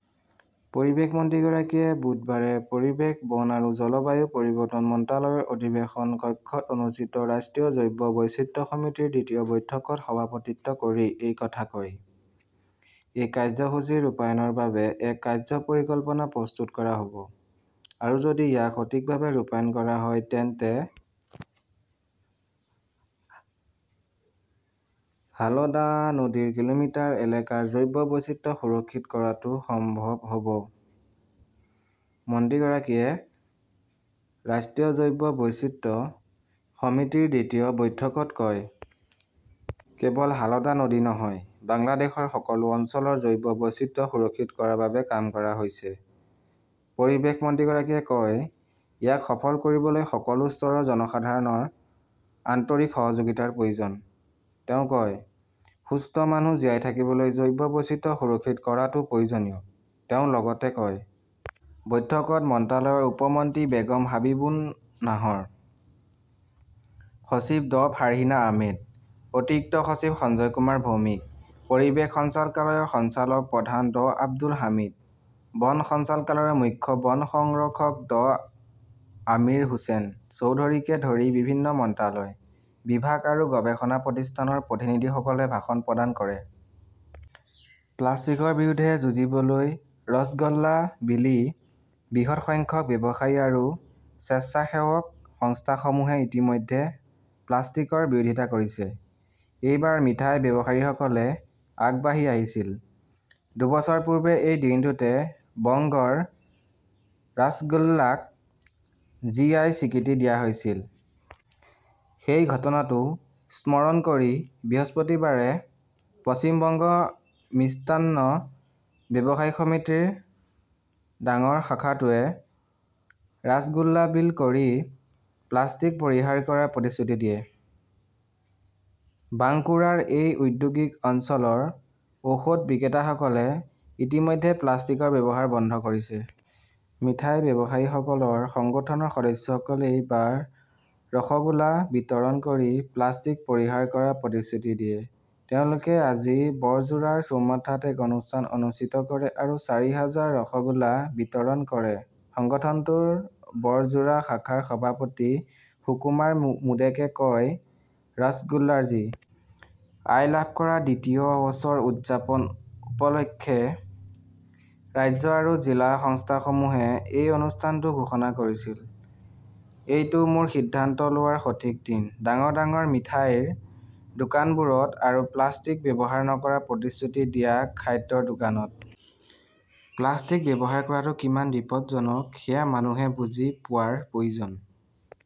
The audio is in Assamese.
পৰিৱেশ মন্ত্ৰীগৰাকীয়ে বুধবাৰে পৰিৱেশ, বন আৰু জলবায়ু পৰিৱৰ্তন মন্ত্ৰালয়ৰ অধিৱেশন কক্ষত অনুষ্ঠিত ৰাষ্ট্ৰীয় জৈৱ বৈচিত্ৰ্য সমিতিৰ দ্বিতীয় বৈঠকত সভাপতিত্ব কৰি এই কথা কয়। "এই কাৰ্যসূচী ৰূপায়ণৰ বাবে এক কাৰ্য্য পৰিকল্পনা প্ৰস্তুত কৰা হ" ব আৰু যদি ইয়াক সঠিকভাৱে ৰূপায়ণ কৰা হয় তেন্তে হালদা নদীৰ কিলোমিটাৰ এলেকাৰ জৈৱ বৈচিত্ৰ্য সুৰক্ষিত কৰাটো সম্ভৱ হ "ব", মন্ত্ৰীগৰাকীয়ে ৰাষ্ট্ৰীয় জৈৱ বৈচিত্ৰ্য সমিতিৰ দ্বিতীয় বৈঠকত কয়। "কেৱল হালদা নদী নহয়, বাংলাদেশৰ সকলো অঞ্চলৰ জৈৱ বৈচিত্ৰ্য সুৰক্ষিত কৰাৰ বাবে কাম কৰা হৈছে", পৰিৱেশ মন্ত্ৰীগৰাকীয়ে কয়। "ইয়াক সফল কৰিবলৈ সকলো স্তৰৰ জনসাধাৰণৰ আন্তৰিক সহযোগিতাৰ প্ৰয়োজন", তেওঁ কয়। "সুস্থ মানুহ জীয়াই থাকিবলৈ জৈৱ বৈচিত্ৰ্য সুৰক্ষিত কৰাটো প্ৰয়োজনীয়", তেওঁ লগতে কয়। বৈঠকত মন্ত্ৰালয়ৰ উপ মন্ত্ৰী বেগম হাবিবুন নাহৰ, সচিব ড ফাৰ্হিনা আহমেদ, অতিৰিক্ত সচিব সঞ্জয় কুমাৰ ভৌমিক, পৰিৱেশ সঞ্চালকালয়ৰ সঞ্চালক প্ৰধান ড আব্দুল হামিদ, বন সঞ্চালকালয়ৰ মুখ্য বন সংৰক্ষক ড আমিৰ হোসেন চৌধুৰীকে ধৰি বিভিন্ন মন্ত্ৰালয়, বিভাগ আৰু গৱেষণা প্ৰতিষ্ঠানৰ প্ৰতিনিধিসকলে ভাষণ প্ৰদান কৰে। প্লাষ্টিকৰ বিৰুদ্ধে যুঁজিবলৈ ৰ 'ছ' গ 'লা বিলি বৃহৎ সংখ্যক ব্যৱসায়ী আৰু স্বেচ্ছাসেৱক সংস্থাসমূহে ইতিমধ্যে প্লাষ্টিকৰ বিৰোধিতা কৰিছে। এইবাৰ মিঠাই ব্যৱসায়ীসকলে আগবাঢ়ি আহিছিল। দুবছৰ পূৰ্বে এই দিনটোতে বংগৰ ৰাসগোল্লাক জি. আই. স্বীকৃতি দিয়া হৈছিল। সেই ঘটনাটো স্মৰণ কৰি বৃহস্পতিবাৰে 'পশ্চিম বংগ মিষ্টান্ন ব্যৱসায়ী সমিতি "ৰ ডাঙৰ শাখাটোৱে ৰাছগোলা বিল কৰি প্লাষ্টিক পৰিহাৰ কৰাৰ প্ৰতিশ্ৰুতি দিয়ে। বাংকুৰাৰ এই ঔদ্যোগিক অঞ্চলৰ ঔষধ বিক্ৰেতাসকলে ইতিমধ্যে প্লাষ্টিকৰ ব্যৱহাৰ বন্ধ কৰি দিছে। মিঠাই ব্যৱসায়ীসকলৰ সংগঠনৰ সদস্যসকলে এইবাৰ ৰসগোলা বিতৰণ কৰি প্লাষ্টিক পৰিহাৰ কৰাৰ প্ৰতিশ্ৰুতি দিয়ে। তেওঁলোকে আজি বৰজোৰাৰ চৌমাঠাত এক অনুষ্ঠান অনুষ্ঠিত কৰে আৰু চাৰি হাজাৰ ৰাসগোলা বিতৰণ কৰে। সংগঠনটোৰ বৰজোৰা শাখাৰ সভাপতি সুকুমাৰ মোডেকে কয়, "ৰাজগোল্লাৰ জি. আই. লাভ কৰাৰ দ্বিতীয় বছৰ উদযাপন উপলক্ষে ৰাজ্য আৰু জিলা সংস্থাসমূহে এই অনুষ্ঠানটো ঘোষণা কৰিছিল। এইটো মোৰ সিদ্ধান্ত লোৱাৰ সঠিক দিন, ডাঙৰ ডাঙৰ মিঠাইৰ দোকানবোৰত আৰু প্লাষ্টিক ব্যৱহাৰ নকৰাৰ প্ৰতিশ্ৰুতি দিয়া। "খাদ্যৰ দোকানত প্লাষ্টিক ব্যৱহাৰ কৰাটো কিমান বিপজ্জনক সেয়া মানুহে বুজি পোৱাৰ প্ৰয়োজন